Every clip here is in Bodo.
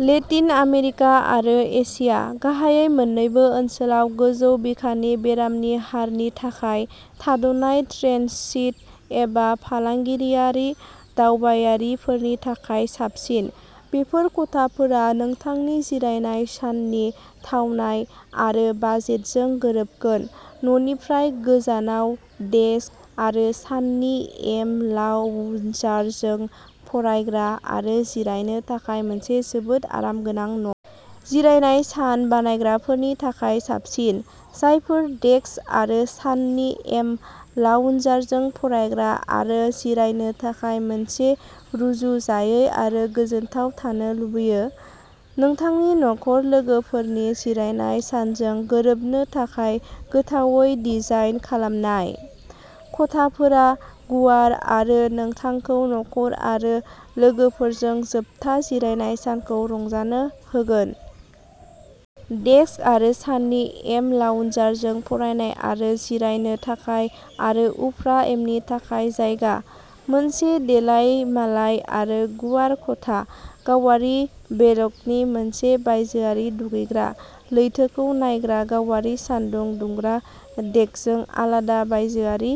लेटिन आमेरिका आरो एसिया, गाहायै मोन्नैबो ओनसोलाव गोजौ बिखानि बेरामनि हारनि थाखाय। थाद'नाय, ट्रेन्सित एबा फालांगियारि दावबायारिफोरनि थाखाय साबसिन। बेफोर खथाफोरा नोंथांनि जिरायनाय साननि थावनाय आरो बाजेटजों गोरोबगोन न'निफ्राय गोजानाव डेस्क आरो साननि एम लाउजारजों फरायग्रा आरो जिरायनो थाखाय मोनसे जोबोद आरामगोनां न'। जिरायनाय सान बानायग्राफोरनि थाखाय साबसिन, जायफोर डेस्क आरो साननि एम लाउन्जारजों फरायग्रा आरो जिरायनो थाखाय मोनसे रुजुजायै आरो गोजोनथाव थानो लुबैयो। नोंथांनि नखर लोगोफोरनि जिरायनाय सानजों गोरोबनो थाखाय गोथावै डिजाइन खालामनाय। खथाफोरा गुवार आरो नोंथांखौ नखर आरो लोगोफोरजों जोबथा जिरायनाय सानखौ रंजानो होगोन। डेस्क आरो साननि एम लाउन्जारजों फरायनाय आरो जिरायनो थाखाय आरो उफ्रा एमनि थाखाय जायगा। मोनसे देलायमालाय आरो गुवार खथा, गावारि बेलकनि, मोनसे बायजोआरि दुगैग्रा, लैथोखौ नायग्रा गावारि सानदुं दुंग्रा डेकजों आलादा बायजोआरि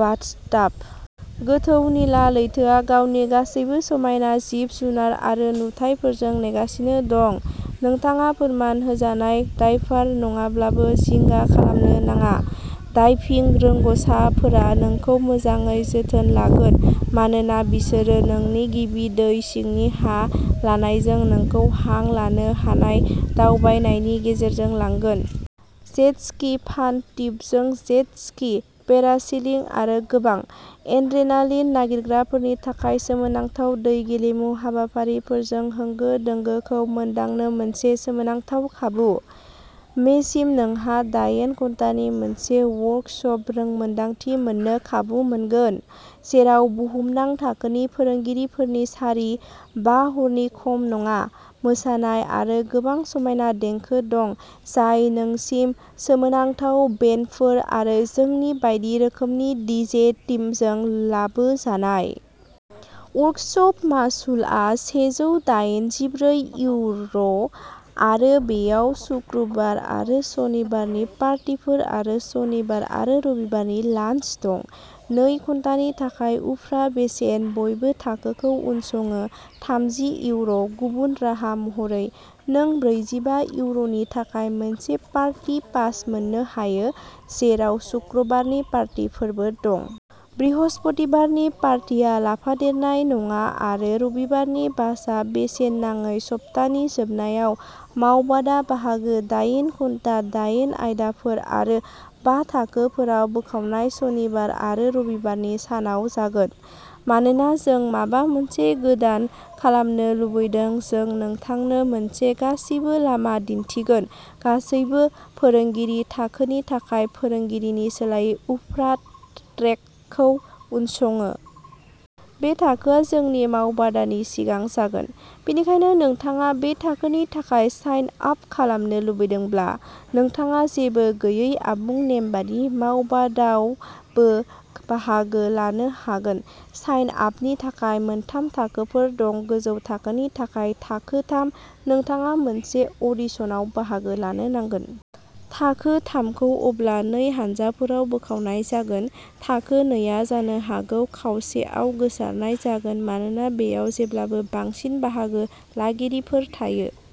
बासटाब। गोथौ निला लैथोआ गावनि गासैबो समायना जिब-जुनार आरो नुथायफोरजों नेगासिनो दं। नोंथाङा फोरमान होजानाय डायभार नङाब्लाबो जिंगा खालामनो नाङा। डाइभिं रोंग'साफोरा नोंखौ मोजाङै जोथोन लागोन मानोना बिसोरो नोंनि गिबि दै सिंनि हां लानायजों नोंखौ हां लानो हानाय दावबायनायनि गेजेरजों लांगोन। जेट स्की, फान टिउबजों जेट स्की, पेरासेलिं आरो गोबां। एड्रेनालिन नागिरग्राफोरनि थाखाय सोमोनांथाव दै गेलेमु हाबाफारिफोरजों होंगो-दोंगोखौ मोनदांनो मोनसे सोमोनांथाव खाबु। मे सिम नोंहा दायेन घन्टानि मोनसे वर्कसप रोंमोन्दांथि मोननो खाबु मोनगोन, जेराव बुहुमनां थाखोनि फोरोंगिरिफोरनि सारि, बा हरनि खम नङा मोसानाय आरो गोबां समायना देंखो दं, जाय नोंसिम सोमोनांथाव बेन्डफोर आरो जोंनि बायदि रोखोमनि डीजे टीमजों लाबोजानाय। वर्कसप मासुलआ सेजौ दायेनजिब्रै इउर' आरो बेयाव सुक्रुबार आरो सनिबारनि पार्टीफोर आरो सनिबार आरो रबिबारनि लान्स दं। नै घन्टानि थाखाय उफ्रा बेसेन' बयबो थाखोखौ उनसङो थामजि इउर' गुबुन राहा महरै, नों ब्रैजिबा इउर'नि थाखाय मोनसे पार्टी पास मोननो हायो, जेराव सुक्रुबारनि पार्टीफोरबो दं। बृहस्पतिबारनि पार्टिआ लाफादेरनाय नङा आरो रबिबारनि बाशआ बेसेन नाङै सप्तानि जोबनायाव मावबादा बाहागो दायेन घन्टा दायेन आयदाफोर आरो बा थाखोफोराव बोखावनाय सनिबार आरो रबिबारनि सानाव जागोन। मानोना जों माबा मोनसे गोदान खालामनो लुबैदों जों नोंथांनो मोनसे गासिबो लामा दिन्थिगोन, गासैबो फोरोंगिरि थाखोनि थाखाय फोरोंगिरिनि सोलायै उफ्रा ट्रेकखौ उनसङो। बे थाखोआ जोंनि मावबादानि सिगां जागोन। बेनिखायनो नोंथाङा बे थाखोनि थाखाय साइन आप खालामनो लुबैदोंब्ला, नोंथाङा जेबो गैयै आबुं नेमबादि मावबादावबो बाहागो लानो हागोन। साइन आपनि थाखाय मोनथाम थाखोफोर दं गोजौ थाखोनि थाखाय, थाखो थाम, नोंथाङा मोनसे अडिशनाव बाहागो लानो नांगोन। थाखो थाम खौ अब्ला नै हानजाफोराव बोखावनाय जागोन। थाखो नै आ जानो हागौ खावसेआव गोसारनाय जागोन मानोना बेयाव जेब्लाबो बांसिन बाहागो लागिरिफोर थायो।